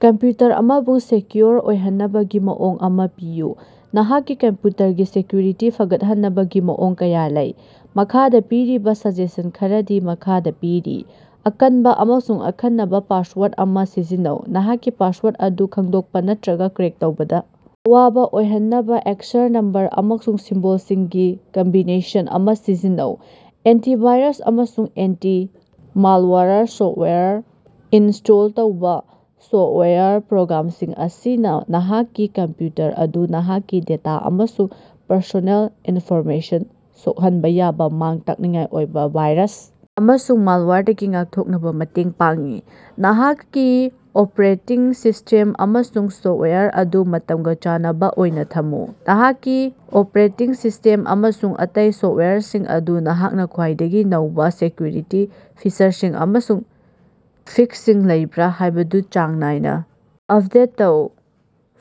Computer ꯑꯃꯕꯨ secure ꯑꯣꯏꯍꯟꯅꯕꯒꯤ ꯃꯑꯣꯡ ꯑꯃꯥ ꯄꯤꯌꯨ꯫ ꯅꯍꯥꯛꯀꯤ ꯀꯝꯄꯌꯨꯇꯔꯒꯤ ꯁꯦꯛꯌꯨꯔꯤꯇꯤ ꯐꯒꯠꯍꯟꯅꯕꯒꯤ ꯃꯑꯣꯡ ꯀꯌꯥ ꯂꯩ꯫ ꯃꯈꯥꯗꯥ ꯄꯤꯔꯤꯕꯥ ꯁꯖꯦꯁꯟ ꯈꯔꯗꯤ ꯃꯈꯥꯗꯥ ꯄꯤꯔꯤ: ꯑꯀꯟꯕꯥ ꯑꯃꯁꯨꯡ ꯑꯈꯟꯅꯕ ꯄꯥꯁꯋꯥꯔꯗ ꯑꯃꯥ ꯁꯤꯖꯤꯟꯅꯧ: ꯅꯍꯥꯛꯀꯤ ꯄꯥꯁꯋꯥꯔꯗ ꯑꯗꯨ ꯈꯪꯗꯣꯛꯄꯥ ꯅꯠꯇꯔꯒ ꯀ꯭ꯔꯦꯛ ꯇꯧꯕꯗ ꯑꯋꯥꯕ ꯑꯣꯏꯍꯟꯅꯕ ꯑꯛꯁꯔ, ꯅꯝꯕꯔ ꯑꯃꯁꯨꯡ ꯁꯤꯝꯕꯣꯜꯁꯤꯡꯒꯤ ꯀꯝꯕꯤꯅꯦꯁꯟ ꯑꯃꯥ ꯁꯤꯖꯤꯟꯅꯧ꯫ ꯑꯦꯟꯇꯤ ꯚꯥꯏꯔꯁ ꯑꯃꯁꯨꯡ ꯑꯦꯟꯇꯤ ꯃꯥꯜꯋꯥꯌꯔ ꯁꯣꯐꯋꯥꯌꯔ ꯏꯟꯁ꯭ꯇꯣꯜ ꯇꯧꯕꯥ: ꯁꯣꯐꯋꯥꯌꯔ ꯄ꯭ꯔꯣꯒ꯭ꯔꯥꯝꯁꯤꯡ ꯑꯁꯤꯅ ꯅꯍꯥꯛꯀꯤ ꯀꯝꯄꯌꯨꯇꯔ ꯑꯗꯨ ꯅꯍꯥꯛꯀꯤ ꯗꯦꯇꯥ ꯑꯃꯁꯨꯡ ꯄꯔꯁꯣꯅꯦꯜ ꯏꯟꯐꯣꯔꯃꯦꯁꯟꯗ ꯁꯣꯛꯍꯟꯕ ꯌꯥꯕꯥ ꯃꯥꯡ-ꯇꯥꯛꯅꯤꯡꯉꯥꯏ ꯑꯣꯏꯕ ꯚꯥꯏꯔꯁ ꯑꯃꯁꯨꯡ ꯃꯥꯜꯋꯥꯌꯔꯗꯒꯤ ꯉꯥꯛꯊꯣꯛꯄꯗ ꯃꯇꯦꯡ ꯄꯥꯡꯏ꯫ ꯅꯍꯥꯛꯀꯤ ꯑꯣꯄꯔꯦꯇꯤꯡ ꯁꯤꯁ꯭ꯇꯦꯝ ꯑꯃꯁꯨꯡ ꯁꯣꯐꯋꯥꯌꯔ ꯑꯗꯨ ꯃꯇꯝꯒꯥ ꯆꯥꯟꯅꯕꯥ ꯑꯣꯏꯅꯥ ꯊꯝꯃꯨ: ꯅꯍꯥꯛꯀꯤ ꯑꯣꯄꯔꯦꯇꯤꯡ ꯁꯤꯁ꯭ꯇꯦꯝ ꯑꯃꯁꯨꯡ ꯑꯇꯩ ꯁꯣꯐꯋꯥꯌꯔꯁꯤꯡ ꯑꯗꯨ ꯅꯍꯥꯛꯅ ꯈ꯭ꯋꯥꯏꯗꯒꯤ ꯅꯧꯕꯥ ꯁꯦꯛꯌꯨꯔꯤꯇꯤ ꯐꯤꯆꯔꯁꯤꯡ ꯑꯃꯁꯨꯡ ꯐꯤꯛꯁꯁꯤꯡ ꯂꯩꯕ꯭ꯔꯥ ꯍꯥꯏꯕꯗꯨ ꯆꯥꯡ ꯅꯥꯏꯅꯥ ꯑꯞꯗꯦꯠ ꯇꯧ꯫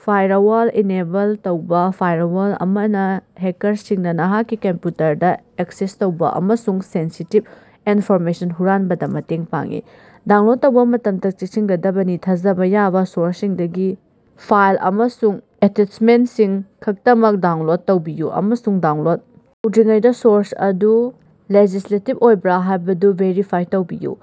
ꯐꯥꯏꯔꯋꯥꯜ ꯏꯅꯦꯕꯜ ꯇꯧꯕꯥ: ꯐꯥꯏꯔꯋꯥꯜ ꯑꯃꯅꯥ ꯍꯦꯀꯥꯔꯁꯤꯡꯅꯥ ꯅꯍꯥꯛꯀꯤ ꯀꯝꯄꯌꯨꯇꯔꯗꯥ ꯑꯦꯛꯁꯦꯁ ꯇꯧꯕꯥ ꯑꯃꯁꯨꯡ ꯁꯦꯟꯁꯤꯇꯤꯚ ꯏꯟꯐꯣꯔꯃꯦꯁꯟ ꯍꯨꯔꯥꯟꯕꯗꯥ ꯃꯇꯦꯡ ꯄꯥꯡꯏ꯫ ꯗꯥꯎꯟꯂꯣꯗ ꯇꯧꯕ ꯃꯇꯝꯗ ꯆꯦꯛꯁꯤꯟꯒꯗꯕꯅꯤ: ꯊꯥꯖꯕ ꯌꯥꯕꯥ ꯁꯣꯔꯁꯁꯤꯡꯗꯒꯤ ꯐꯥꯏꯜ ꯑꯃꯁꯨꯡ ꯑꯦꯇꯦꯆꯃꯦꯟꯠꯁꯤꯡ ꯈꯛꯇꯃꯛ ꯗꯥꯎꯟꯂꯣꯗ ꯇꯧꯕꯤꯌꯨ, ꯑꯃꯁꯨꯡ ꯗꯥꯎꯟꯂꯣꯗ ꯇꯧꯗ꯭ꯔꯤꯉꯩꯗꯥ ꯁꯣꯔꯁ ꯑꯗꯨ ꯂꯦꯖꯤꯁ꯭ꯂꯦꯇꯤꯕ ꯑꯣꯏꯕ꯭ꯔꯥ ꯍꯥꯏꯕꯗꯨ ꯚꯦꯔꯤꯐꯥꯏ ꯇꯧꯕꯤꯌꯨ꯫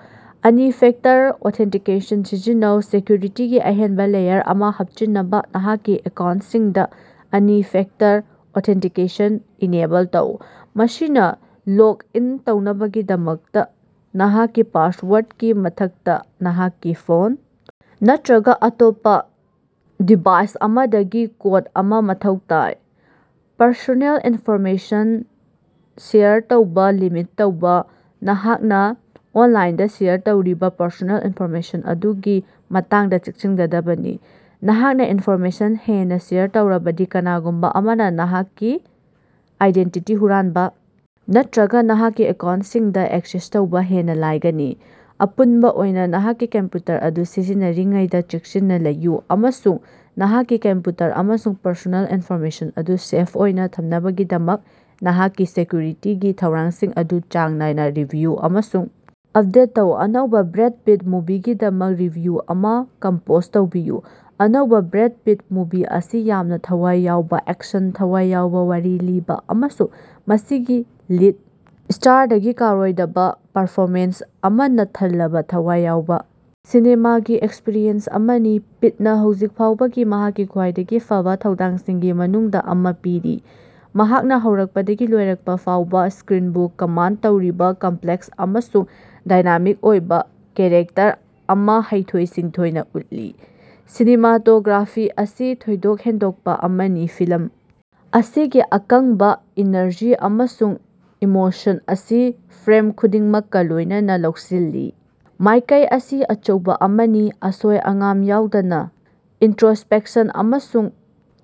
ꯑꯅꯤ ꯐꯦꯛꯇꯔ ꯑꯣꯊꯦꯟꯇꯤꯀꯦꯁꯟ ꯁꯤꯖꯤꯟꯅꯧ: ꯁꯦꯛꯌꯨꯔꯤꯇꯤꯒꯤ ꯑꯍꯦꯟꯕꯥ ꯂꯦꯌꯔ ꯑꯃꯥ ꯍꯥꯞꯆꯤꯟꯅꯕꯥ ꯅꯍꯥꯛꯀꯤ ꯑꯦꯀꯥꯎꯟꯠꯁꯤꯡꯗꯥ ꯑꯅꯤ ꯐꯦꯛꯇꯔ ꯑꯣꯊꯦꯟꯇꯤꯀꯦꯁꯟ ꯏꯅꯦꯕꯜ ꯇꯧ꯫ ꯃꯁꯤꯅꯥ ꯂꯣꯒ ꯏꯟ ꯇꯧꯅꯕꯒꯤꯗꯃꯛꯇꯥ ꯅꯍꯥꯛꯀꯤ ꯄꯥꯁꯋꯥꯔꯗꯀꯤ ꯃꯊꯛꯇꯥ, ꯅꯍꯥꯛꯀꯤ ꯐꯣꯟ ꯅꯠꯇꯔꯒꯥ ꯑꯇꯣꯞꯄꯥ ꯗꯤꯚꯥꯏꯁ ꯑꯃꯗꯒꯤ ꯀꯣꯗ ꯑꯃꯥ ꯃꯊꯧ ꯇꯥꯏ꯫ ꯄꯔꯁꯣꯅꯦꯜ ꯏꯟꯐꯣꯔꯃꯦꯁꯟ ꯁꯦꯌꯔ ꯇꯧꯕꯥ ꯂꯤꯃꯤꯠ ꯇꯧꯕꯥ: ꯅꯍꯥꯛꯅꯥ ꯑꯣꯟꯂꯥꯏꯟꯗꯥ ꯁꯦꯌꯔ ꯇꯧꯔꯤꯕ ꯄꯔꯁꯣꯅꯦꯜ ꯏꯟꯐꯣꯔꯃꯦꯁꯟ ꯑꯗꯨꯒꯤ ꯃꯇꯥꯡꯗꯥ ꯆꯦꯛꯁꯤꯟꯒꯗꯕꯅꯤ꯫ ꯅꯍꯥꯛꯅ ꯏꯟꯐꯣꯔꯃꯦꯁꯟ ꯍꯦꯟꯅ ꯁꯦꯌꯔ ꯇꯧꯔꯕꯗꯤ, ꯀꯅꯥꯒꯨꯝꯕ ꯑꯃꯅꯥ ꯅꯍꯥꯛꯀꯤ ꯑꯥꯏꯗꯦꯟꯇꯤꯇꯤ ꯍꯨꯔꯥꯟꯕꯥ ꯅꯠꯇꯔꯒ ꯅꯍꯥꯛꯀꯤ ꯑꯦꯀꯥꯎꯟꯇꯁꯤꯡꯗ ꯑꯦꯛꯁꯦꯁ ꯇꯧꯕ ꯍꯦꯟꯅ ꯂꯥꯏꯒꯅꯤ꯫ ꯑꯄꯨꯟꯕꯥ ꯑꯣꯏꯅꯥ, ꯅꯍꯥꯛꯀꯤ ꯀꯝꯄꯌꯨꯇꯔ ꯑꯗꯨ ꯁꯤꯖꯤꯟꯅꯔꯤꯉꯩꯗ ꯆꯦꯛꯁꯤꯟꯅꯥ ꯂꯩꯌꯨ ꯑꯃꯁꯨꯡ ꯅꯍꯥꯛꯀꯤ ꯀꯝꯄꯌꯨꯇꯔ ꯑꯃꯁꯨꯡ ꯄꯔꯁꯣꯅꯦꯜ ꯏꯟꯐꯣꯔꯃꯦꯁꯟ ꯑꯗꯨ ꯁꯦꯐ ꯑꯣꯏꯅ ꯊꯝꯅꯕꯒꯤꯗꯃꯛ ꯅꯍꯥꯛꯀꯤ ꯁꯦꯛꯌꯨꯔꯤꯇꯤꯒꯤ ꯊꯧꯔꯥꯡꯁꯤꯡ ꯑꯗꯨ ꯆꯥꯡ ꯅꯥꯏꯅꯥ ꯔꯤꯚꯤꯌꯨ ꯑꯃꯁꯨꯡ ꯑꯞꯗꯦꯠ ꯇꯧ꯫ ꯑꯅꯧꯕꯥ ꯕ꯭ꯔꯦꯗ ꯄꯤꯠ ꯃꯨꯚꯤꯒꯤꯗꯃꯛ ꯔꯤꯚꯤꯌꯨ ꯑꯃꯥ ꯀꯝꯄꯣꯖ ꯇꯧꯕꯤꯌꯨ꯫ ꯑꯅꯧꯕꯥ ꯕ꯭ꯔꯦꯗ ꯄꯤꯠ ꯃꯨꯚꯤ ꯑꯁꯤ ꯌꯥꯝꯅꯥ ꯊꯋꯥꯏ ꯌꯥꯎꯕ ꯑꯦꯛꯁꯟ, ꯊꯋꯥꯏ ꯌꯥꯎꯕ ꯋꯥꯔꯤ ꯂꯤꯕꯥ, ꯑꯃꯁꯨꯡ ꯃꯁꯤꯒꯤ ꯂꯤꯗ ꯁ꯭ꯇꯥꯔꯗꯒꯤ ꯀꯥꯎꯔꯣꯏꯗꯕ ꯄꯔꯐꯣꯃꯦꯟꯁ ꯑꯃꯅ ꯊꯜꯂꯕꯥ ꯊꯋꯥꯏ ꯌꯥꯎꯕꯥ ꯁꯤꯅꯦꯃꯥꯒꯤ ꯑꯦꯛꯁꯄꯔꯤꯌꯦꯟꯁ ꯑꯃꯅꯤ꯫ ꯄꯤꯠꯅꯥ ꯍꯧꯖꯤꯛ ꯐꯥꯎꯕꯒꯤ ꯃꯍꯥꯛꯀꯤ ꯈ꯭ꯋꯥꯏꯗꯒꯤ ꯐꯕꯥ ꯊꯧꯗꯥꯡꯁꯤꯡꯒꯤ ꯃꯅꯨꯡꯗꯥ ꯑꯃꯥ ꯄꯤꯔꯤ, ꯃꯍꯥꯛꯅꯥ ꯍꯧꯔꯛꯄꯗꯒꯤ ꯂꯣꯏꯔꯛꯄꯐꯥꯎꯕꯥ ꯁ꯭ꯀꯔꯤꯟꯕꯨ ꯀꯝꯃꯥꯟꯗ ꯇꯧꯔꯤꯕꯥ ꯀꯝꯄꯂꯦꯛꯁ ꯑꯃꯁꯨꯡ ꯗꯥꯏꯅꯥꯃꯤꯛ ꯑꯣꯏꯕ ꯀꯦꯔꯦꯛꯇꯔ ꯑꯃꯥ ꯍꯩꯊꯣꯏ-ꯁꯤꯡꯊꯣꯏꯅꯥ ꯎꯠꯂꯤ꯫ ꯁꯤꯅꯦꯃꯥꯇꯣꯒ꯭ꯔꯥꯐꯤ ꯑꯁꯤ ꯊꯣꯏꯗꯣꯛ ꯍꯦꯟꯗꯣꯛꯄꯥ ꯑꯃꯅꯤ, ꯐꯤꯂꯝ ꯑꯁꯤꯒꯤ ꯑꯀꯪꯕꯥ ꯏꯅꯔꯖꯤ ꯑꯃꯁꯨꯡ ꯏꯃꯣꯁꯟ ꯑꯁꯤ ꯐ꯭ꯔꯦꯝ ꯈꯨꯗꯤꯡꯃꯛꯀꯥ ꯂꯣꯏꯅꯅꯥ ꯂꯧꯁꯤꯜꯂꯤ꯫ ꯃꯥꯏꯀꯩ ꯑꯁꯤ ꯑꯆꯧꯕꯥ ꯑꯃꯅꯤ, ꯑꯁꯣꯏ-ꯑꯉꯥꯝ ꯌꯥꯎꯗꯅ ꯏꯟꯇꯔꯣꯁ꯭ꯄꯦꯛꯁꯟ ꯑꯃꯁꯨꯡ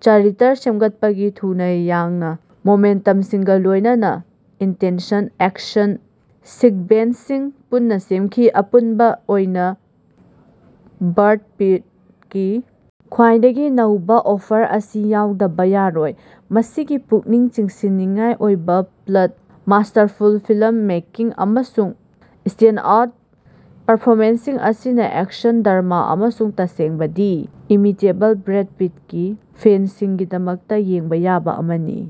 ꯆꯔꯤꯇꯔ ꯁꯦꯝꯒꯠꯄꯒꯤ ꯊꯨꯅꯥ ꯌꯥꯡꯅꯥ ꯃꯣꯃꯦꯟꯇꯝꯁꯤꯡꯒ ꯂꯣꯏꯅꯅꯥ ꯏꯟꯇꯦꯟꯁꯟ ꯑꯦꯛꯁꯟ ꯁꯤꯛꯕꯦꯟꯁꯁꯤꯡ ꯄꯨꯟꯅ ꯁꯦꯝꯈꯤ꯫ ꯑꯄꯨꯟꯕ ꯑꯣꯏꯅ ꯕ꯭ꯔꯗ ꯄꯤꯠꯀꯤ ꯈ꯭ꯋꯥꯏꯗꯒꯤ ꯅꯧꯕ ꯑꯣꯐꯔ ꯑꯁꯤ ꯌꯥꯎꯗꯕꯥ ꯌꯥꯔꯣꯏ꯫ ꯃꯁꯤꯒꯤ ꯄꯨꯛꯅꯤꯡ ꯆꯤꯡꯁꯤꯟꯅꯤꯡꯉꯥꯏ ꯑꯣꯏꯕ ꯄ꯭ꯂꯠ, ꯃꯥꯁ꯭ꯇꯔꯐꯨꯜ ꯐꯤꯂꯝ ꯃꯦꯀꯤꯡ, ꯑꯃꯁꯨꯡ ꯁ꯭ꯇꯦꯟꯗꯑꯥꯎꯠ ꯄꯔꯐꯣꯃꯦꯟꯁꯁꯤꯡ ꯑꯁꯤꯅ ꯑꯦꯛꯁꯟ, ꯗ꯭ꯔꯃꯥ ꯑꯃꯁꯨꯡ ꯇꯁꯦꯡꯕꯗꯤ, ꯏꯃꯤꯇꯦꯕꯜ ꯕ꯭ꯔꯦꯗ ꯄꯤꯠꯀꯤ ꯐꯦꯟꯁꯤꯡꯒꯤꯗꯃꯛꯇꯥ ꯌꯦꯡꯕꯥ ꯌꯥꯕꯥ ꯑꯃꯅꯤ꯫